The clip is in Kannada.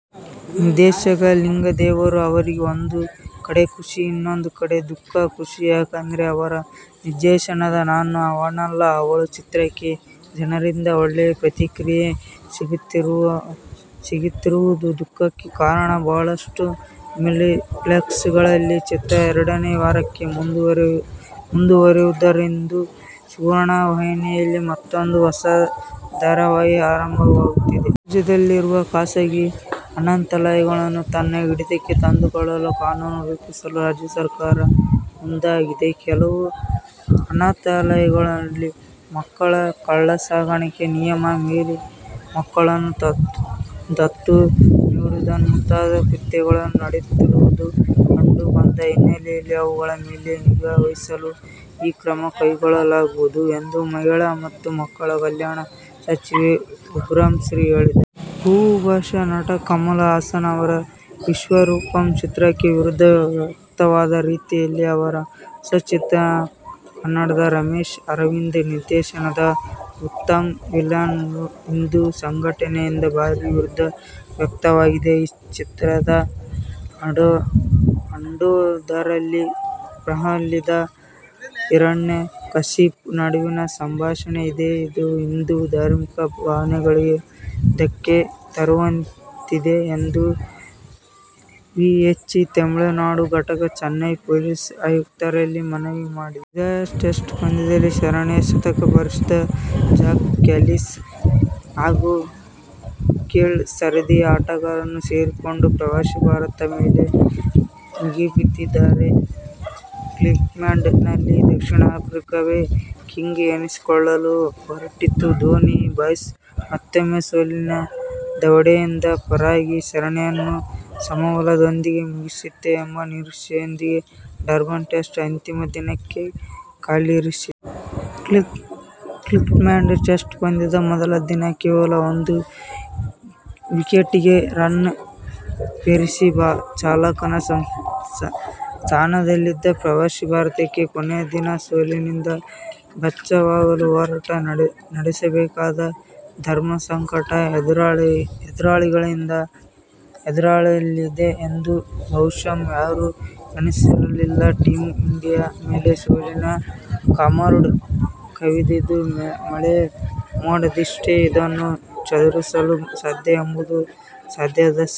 ನಿರ್ದೇಶಕ ಲಿಂಗದೇವರು ಅವರಿಗೆ ಒಂದು ಕಡೆ ಖುಷಿ. ಇನ್ನೊಂದು ಕಡೆ ದುಃಖ. ಖುಷಿ ಯಾಕೆಂದರೆ, ಅವರ ನಿರ್ದೇಶನದ "ನಾನು ಅವನಲ್ಲ ಅವಳು' ಚಿತ್ರಕ್ಕೆ ಜನರಿಂದ ಒಳ್ಳೆಯ ಪ್ರತಿಕ್ರಿಯೆ ಸಿಗುತ್ತಿರುವುದು. ದುಃಖಕ್ಕೆ ಕಾರಣ ಬಹಳಷ್ಟು ಮಲ್ಟಿಪ್ಲೆಕ್ಸ್ಗಳಲ್ಲಿ ಚಿತ್ರ ಎರಡನೆಯ ವಾರಕ್ಕೆ ಮುಂದುವರೆಯದಿರುವುದು. ಸುವರ್ಣ ವಾಹಿನಿಯಲ್ಲಿ ಮತ್ತೂಂದು ಹೊಸ ಧಾರಾವಾಹಿ ಆರಂಭವಾಗುತ್ತಿದೆ. ರಾಜ್ಯದಲ್ಲಿರುವ ಖಾಸಗಿ ಅನಾಥಾಲಯಗಳನ್ನು ತನ್ನ ಹಿಡಿತಕ್ಕೆ ತಂದುಕೊಳ್ಳಲು ಕಾನೂನು ರೂಪಿಸಲು ರಾಜ್ಯ ಸರ್ಕಾರ ಮುಂದಾಗಿದೆ. ಕೆಲವು ಅನಾಥಾಲಯಗಳಲ್ಲಿ ಮಕ್ಕಳ ಕಳ್ಳಸಾಗಣೆ, ನಿಯಮ ಮೀರಿ ಮಕ್ಕಳನ್ನು ದತ್ತು ನೀಡುವುದು ಮುಂತಾದ ಕೃತ್ಯಗಳು ನಡೆಯುತ್ತಿರುವುದು ಕಂಡು ಬಂದ ಹಿನ್ನೆಲೆಯಲ್ಲಿ ಅವುಗಳ ಮೇಲೆ ನಿಗಾ ವಹಿಸಲು ಈ ಕ್ರಮ ಕೈಗೊಳ್ಳಲಾಗುವುದು ಎಂದು ಮಹಿಳಾ ಮತ್ತು ಮಕ್ಕಳ ಕಲ್ಯಾಣ ಸಚಿವೆ ಉಮಾಶ್ರೀ ಹೇಳಿದ್ದಾರೆ. ಬುಹುಭಾಷಾ ನಟ ಕಮಲ್ ಹಾಸನ್ ಅವರ ವಿಶ್ವರೂಪಂ ಚಿತ್ರಕ್ಕೆ ವಿರೋಧ ವ್ಯಕ್ತವಾದ ರೀತಿಯಲ್ಲೇ, ಅವರ ಹೊಸ ಚಿತ್ರ, ಕನ್ನಡದ ರಮೇಶ್ ಅರವಿಂದ ನಿರ್ದೇಶನದ "ಉತ್ತಮ್ ವಿಲನ್'ಗೂ ಹಿಂದು ಸಂಘಟನೆಯಿಂದ ಭಾರಿ ವಿರೋಧ ವ್ಯಕ್ತವಾಗಿದೆ. ಚಿತ್ರದ ಹಾಡೊಂದರಲ್ಲಿ ಪ್ರಹ್ಲಾದ ಮತ್ತು ಹಿರಣ್ಯಕಶಿಪು ನಡುವಿನ ಸಂಭಾಷಣೆ ಇದೆ, ಇದು ಹಿಂದು ಧಾರ್ಮಿಕ ಭಾವನೆಗಳಿಗೆ ಧಕ್ಕೆ ತರುವಂತಿದೆ ಎಂದು ವಿಎಚ್ಪಿ ತಮಿಳುನಾಡು ಘಟಕ, ಚೆನ್ನೈ ಪೊಲೀಸ್ ಆಯುಕ್ತರಲ್ಲಿ ಮನವಿ ಮಾಡಿದೆ. ವಿದಾಯ ಟೆಸ್ಟ್ ಪಂದ್ಯದಲ್ಲಿ ಸ್ಮರಣೀಯ ಶತಕ ಬಾರಿಸಿದ ಜಾಕ್ ಕ್ಯಾಲಿಸ್ ಹಾಗೂ ಕೆಳ ಸರದಿಯ ಆಟಗಾರರು ಸೇರಿಕೊಂಡು ಪ್ರವಾಸಿ ಭಾರತದ ಮೇಲೆ ಮುಗಿಬಿದ್ದಿದ್ದಾರೆ. '''ಕಿಂಗ್ಸ್ಮೀಡ್'ನಲ್ಲಿ ದಕ್ಷಿಣ ಆಫ್ರಿಕಾವೇ ಕಿಂಗ್ ಎನಿಸಿಕೊಳ್ಳಲು ಹೊರಟಿದ್ದು, ಧೋನಿ ಬಾಯ್ಸ ಮತ್ತೂಮ್ಮೆ ಸೋಲಿನ ದವಡೆಯಿಂದ ಪಾರಾಗಿ ಸರಣಿಯನ್ನು ಸಮಬಲದೊಂದಿಗೆ ಮುಗಿಸೀತೇ ಎಂಬ ನಿರೀಕ್ಷೆಯೊಂದಿಗೆ ಡರ್ಬನ್ ಟೆಸ್ಟ್ ಅಂತಿಮ ದಿನಕ್ಕೆ ಕಾಲಿರಿಸಿದೆ. ಕಿಂಗ್ಸ್ಮೀಡ್ ಟೆಸ್ಟ್ ಪಂದ್ಯದ ಮೊದಲ ದಿನ ಕೇವಲ ಒಂದು ವಿಕೆಟಿಗೆ ರನ್ ಪೇರಿಸಿ ಚಾಲಕನ ಸ್ಥಾನದಲ್ಲಿದ್ದ ಪ್ರವಾಸಿ ಭಾರತಕ್ಕೆ ಕೊನೆಯ ದಿನ ಸೋಲಿನಿಂದ ಬಚಾವಾಗಲು ಹೋರಾಟ ನಡೆಸಬೇಕಾದ ಧರ್ಮಸಂಕಟ ಎದುರಾಗಲಿದೆ ಎಂದು ಬಹುಶಃ ಯಾರೂ ಎಣಿಸಿರಲಿಲ್ಲ. ಟೀಮ್ ಇಂಡಿಯಾ ಮೇಲೆ ಸೋಲಿನ ಕಾರ್ಮೋಡ ಕವಿದಿದ್ದು, ಮಳೆ ಮೋಡದಿಂದಷ್ಟೇ ಇದನ್ನು ಚದುರಿಸಲು ಸಾಧ್ಯ ಎಂಬುದು ಸದ್ಯದ ಸ್ಥಿತಿ.